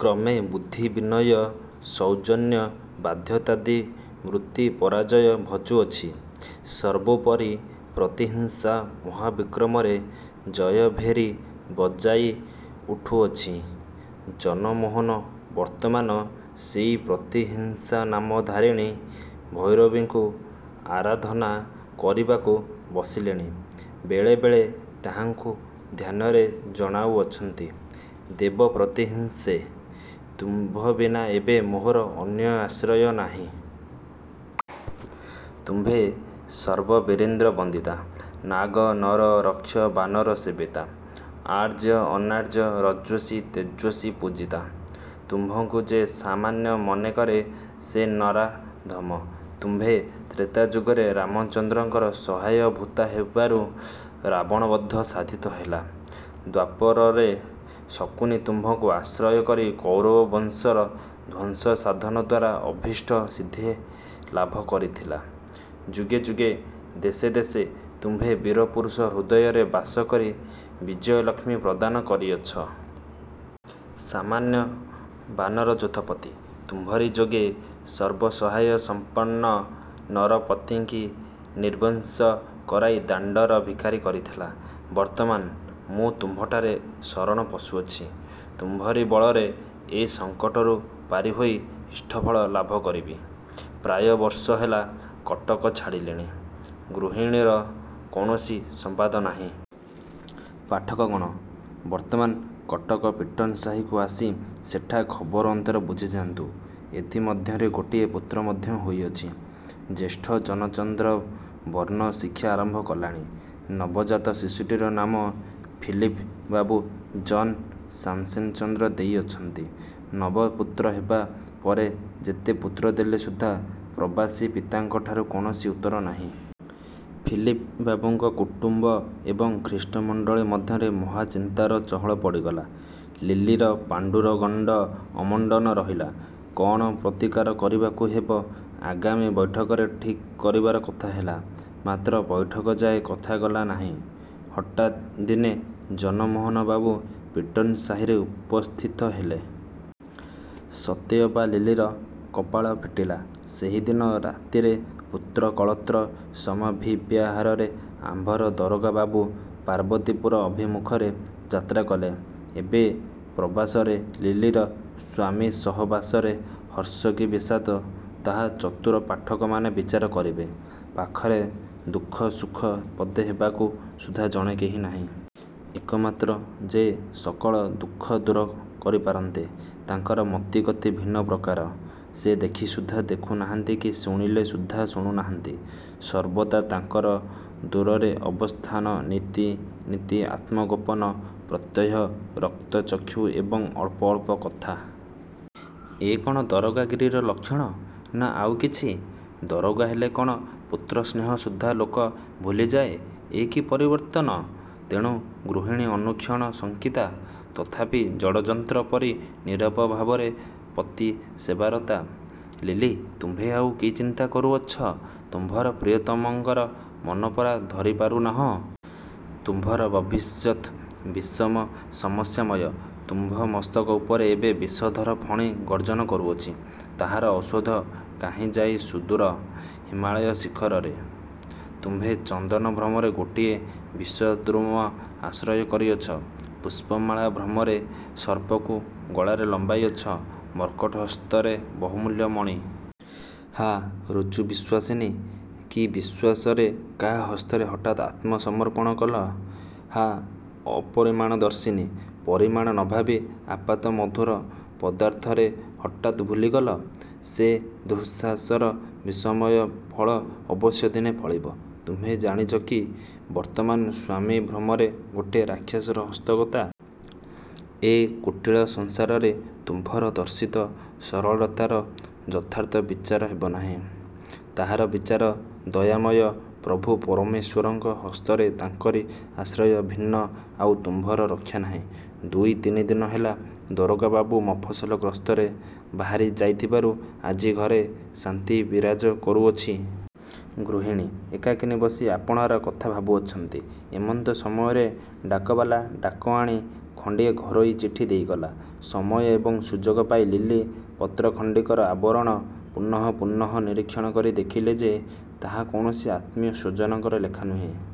କ୍ରମେ ବୁଦ୍ଧି ବିନୟ ସୌଜନ୍ୟ ବାଧ୍ୟତାଦି ବୃତ୍ତି ପରାଜୟ ଭଜୁଅଛି। ସର୍ବୋପରି ପ୍ରତିହିଂସା ମହାବିକ୍ରମରେ ଜୟଭେରୀ ବଜାଇ ଉଠୁଅଛି। ଜନମୋହନ ବର୍ତ୍ତମାନ ସେହି ପ୍ରତିହିଂସାନାମଧାରିଣୀ ଭୈରବୀଙ୍କୁ ଆରାଧନା କରିବାକୁ ବସିଲେଣି। ବେଳେ ବେଳେ ତାହାଙ୍କୁ ଧ୍ୟାନରେ ଜଣାଉଅଛନ୍ତି। 'ଦେବ ପ୍ରତିହିଂସେ! ତୁମ୍ଭ ବିନା ଏବେ ମୋହର ଅନ୍ୟ ଆଶ୍ରୟ ନାହିଁ। ତୁମ୍ଭେ ସର୍ବବୀରେନ୍ଦ୍ରବନ୍ଦିତା, ନାଗ-ନର-ରକ୍ଷ-ବାନରସେବିତା, ଆର୍ଯ୍ୟ-ଅନାର୍ଯ୍ୟ-ରଜସ୍ୱି-ତେଜସ୍ୱି-ପୂଜିତା। ତୁମ୍ଭଙ୍କୁ ଯେ ସାମାନ୍ୟ ମନେ କରେ, ସେ ନରାଧମ। ତୁମ୍ଭେ ତ୍ରେତାଯୁଗରେ ରାମଚନ୍ଦ୍ରଙ୍କର ସହାୟଭୂତା ହେବାରୁ ରାବଣବଧ ସାଧିତ ହେଲା। ଦ୍ୱାପରରେ ଶକୁନି ତୁମ୍ଭଙ୍କୁ ଆଶ୍ରୟ କରି କୌରବବଂଶର ଧ୍ୱଂସସାଧନଦ୍ୱାରା ଅଭୀଷ୍ଟ ସିଦ୍ଧି ଲାଭ କରିଥିଲା ଯୁଗେ ଯୁଗେ ଦେଶେ ଦେଶେ ତୁମ୍ଭେ ବୀରପୁରୁଷ ହୃଦୟରେ ବାସ କରି ବିଜୟଲକ୍ଷ୍ମୀ ପ୍ରଦାନ କରିଅଛ। ସାମାନ୍ୟ ବାନରଯୂଥପତି ତୁମ୍ଭରି ଯୋଗେ ସର୍ବସହାୟସମ୍ପନ୍ନ ନରପତିଙ୍କି ନିର୍ବଂଶ କରାଇ ଦାଣ୍ତର ଭିଖାରୀ କରିଥିଲା। ବର୍ତ୍ତମାନ ମୁଁ ତୁମ୍ଭଠାରେ ଶରଣ ପଶୁଅଛି। ତୁମ୍ଭରି ବଳରେ ଏ ସଙ୍କଟରୁ ପାରି ହୋଇ ଇଷ୍ଟଫଳ ଲାଭ କରିବି। ପ୍ରାୟ ବର୍ଷ ହେଲା କଟକ ଛାଡ଼ିଲିଣି। ଗୃହିଣୀର କୌଣସି ସମ୍ୱାଦ ନାହିଁ। ପାଠକଗଣ! ବର୍ତ୍ତମାନ କଟକ ପିଟନ ସାହିକୁ ଆସି ସେଠା ଖବର ଅନ୍ତର ବୁଝିଯାନ୍ତୁ। ଏଥି ମଧ୍ୟରେ ଗୋଟିଏ ପୁତ୍ର ମଧ୍ୟ ହୋଇଅଛି। ଜ୍ୟେଷ୍ଠ ଜନଚନ୍ଦ୍ର ବର୍ଣ୍ଣ ଶିକ୍ଷା ଆରମ୍ଭ କଲାଣି। ନବଜାତ ଶିଶୁଟିର ନାମ ଫିଲିପ ବାବୁ ଜନ୍ ସାମସେନଚନ୍ଦ୍ର ଦେଇଅଛନ୍ତି। ନବ ପୁତ୍ର ହେବା ପରେ ଯେତେ ପତ୍ରଦେଲେ ସୁଦ୍ଧା ପ୍ରବାସୀ ପିତାଙ୍କଠାରୁ କୌଣସି ଉତ୍ତର ନାହିଁ। ଫିଲିପ ବାବୁଙ୍କ କୁଟୁମ୍ୱ ଏବଂ ଖ୍ରୀଷ୍ଟମଣ୍ତଳୀ ମଧ୍ୟରେ ମହାଚିନ୍ତାର ଚହଳ ପଡ଼ିଗଲା। ଲିଲିର ପାଣ୍ତୁର ଗଣ୍ତ ଅମଣ୍ତନ ରହିଲା। କଣ ପ୍ରତୀକାର କରିବାକୁ ହେବ, ଆଗାମୀ ବୈଠକରେ ଠିକ କରିବାର କଥା ହେଲା; ମାତ୍ର ବୈଠକଯାଏ କଥା ଗଲା ନାହିଁ। ହଠାତ୍ ଦିନେ ଜନମୋହନ ବାବୁ ପିଟନସାହିରେ ଉପସ୍ଥିତ ହେଲେ। ସତେ ଅବା ଲିଲିର କପାଳ ଫିଟିଲା। ସେହି ଦିନ ରାତିରେ ପୁତ୍ରକଳତ୍ର ସମଭିବ୍ୟାହାରରେ ଆମ୍ଭର ଦାରୋଗା ବାବୁ ପାର୍ବତୀପୁର ଅଭିମୁଖରେ ଯାତ୍ରା କଲେ। ଏବେ ପ୍ରବାସରେ ଲିଲିର ସ୍ୱାମିସହବାସରେ ହର୍ଷ କି ବିଷାଦ, ତାହା ଚତୁର ପାଠକମାନେ ବିଚାର କରିବେ-। ପାଖରେ ଦୁଃଖ ସୁଖ ପଦେ ହେବାକୁ ସୁଦ୍ଧା ଜଣେ କେହି ନାହିଁ। ଏକମାତ୍ର ଯେ ସକଳ ଦୁଃଖ ଦୂର କରି ପାରନ୍ତେ, ତାଙ୍କର ମତି ଗତି ଭିନ୍ନପ୍ରକାର। ସେ ଦେଖି ସୁଦ୍ଧା ଦେଖୁ ନାହାନ୍ତି କି ଶୁଣିଲେ ସୁଦ୍ଧା ଶୁଣୁ ନାହାଁନ୍ତି। ସର୍ବଦା ତାଙ୍କର ଦୂରରେ ଅବସ୍ଥାନ ନିତି ନିତି ଆତ୍ମଗୋପନ ପ୍ରତ୍ୟହ ରକ୍ତଚକ୍ଷୁ ଏବଂ ଅଳ୍ପ ଅଳ୍ପ କଥା! ଏ କଣ ଦାରୋଗାଗିରିର ଲକ୍ଷଣ, ନା ଆଉ କିଛି? ଦାରୋଗା ହେଲେ କଣ ପୁତ୍ରସ୍ନେହ ସୁଦ୍ଧା ଲୋକ ଭୁଲିଯାଏ। ଏ କି ପରିବର୍ତ୍ତନ! ତେଣୁ ଗୃହିଣୀ ଅନୁକ୍ଷଣ ଶଙ୍କିତା। ତଥାପି ଜଡ଼-ଯନ୍ତ୍ର ପରି ନୀରବଭାବରେ ପତିସେବାରତା। ଲିଲି! ତୁମ୍ଭେ ଆଉ କି ଚିନ୍ତା କରୁଅଛ? ତୁମ୍ଭର ପ୍ରିୟତମଙ୍କର ମନ ପରା ଧରି ପାରୁନାହଁ-? ତୁମ୍ଭର ଭବିଷ୍ୟତ୍ ବିଷମ ସମସ୍ୟାମୟ। ତୁମ୍ଭ ମସ୍ତକ ଉପରେ ଏବେ ବିଷଧର ଫଣୀ ଗର୍ଜନ କରୁଅଛି। ତାହାର ଔଷଧ କାହିଁ ଯାଇଁ ସୁଦୂର ହିମାଳୟଶିଖରରେ। ତୁମ୍ଭେ ଚନ୍ଦନଭ୍ରମରେ ଗୋଟିଏ ବିଷଦ୍ରୁମ ଆଶ୍ରୟ କରିଅଛ! ପୁଷ୍ପମାଳା ଭ୍ରମରେ ସର୍ପକୁ ଗଳାରେ ଲମ୍ବାଇ ଅଛ। ମର୍କଟ ହସ୍ତରେ ବହୁମୂଲ୍ୟ ମଣି। ହା ଋଜୁବିଶ୍ୱାସିନି! କି ବିଶ୍ୱାସରେ କାହା ହସ୍ତରେ ହଠାତ୍ ଆତ୍ମସମର୍ପଣ କଲ? ହା ଅପରିଣାମଦର୍ଶିନି! ପରିଣାମ ନ ଭାବି ଆପାତମଧୁର ପଦାର୍ଥରେ ହଠାତ୍ ଭୁଲିଗଲ! ସେ ଦୁଃସାହସର ବିଷମୟ ଫଳ ଅବଶ୍ୟ ଦିନେ ଫଳିବ! ତୁମ୍ଭେ ଜାଣିଛ କି ବର୍ତ୍ତମାନ ସ୍ୱାମୀ ଭ୍ରମରେ ଗୋଟିଏ ରାକ୍ଷସର ହସ୍ତଗତା? ଏ କୁଟିଳ ସଂସାରରେ ତୁମ୍ଭର ଦର୍ଶିତ ସରଳତାର ଯଥାର୍ଥ ବିଚାର ହେବ ନାହିଁ। ତାହାର ବିଚାର ଦୟାମୟ ପ୍ରଭୁ ପରମେଶ୍ୱରଙ୍କ ହସ୍ତରେ ତାଙ୍କରି ଆଶ୍ରୟ ଭିନ୍ନ ଆଉ ତୁମ୍ଭର ରକ୍ଷା ନାହିଁ। ଦୁଇ ତିନି ଦିନ ହେଲା ଦାରୋଗା ବାବୁ ମଫସଲ ଗସ୍ତରେ ବାହାରି ଯାଇଥିବାରୁ ଆଜି ଘରେ ଶାନ୍ତି ବିରାଜ କରୁଅଛି। ଗୃହିଣୀ ଏକାକିନୀ ବସି ଆପଣାର କଥା ଭାବୁଅଛନ୍ତି- ଏମନ୍ତ ସମୟରେ ଡାକବାଲା ଡାକ ଆଣି ଖଣ୍ଡିଏ ଘରୋଇ ଚିଠି ଦେଇ ଗଲା। ସମୟ ଏବଂ ସୁଯୋଗ ପାଇ ଲିଲି ପତ୍ରଖଣ୍ଡିକର ଆବରଣ ପୁନଃ ପୁନଃ ନିରୀକ୍ଷଣ କରି ଦେଖିଲେ ଯେ, ତାହା କୌଣସି ଆତ୍ମୀୟ ସ୍ୱଜନଙ୍କର ଲେଖା ନୁହେଁ।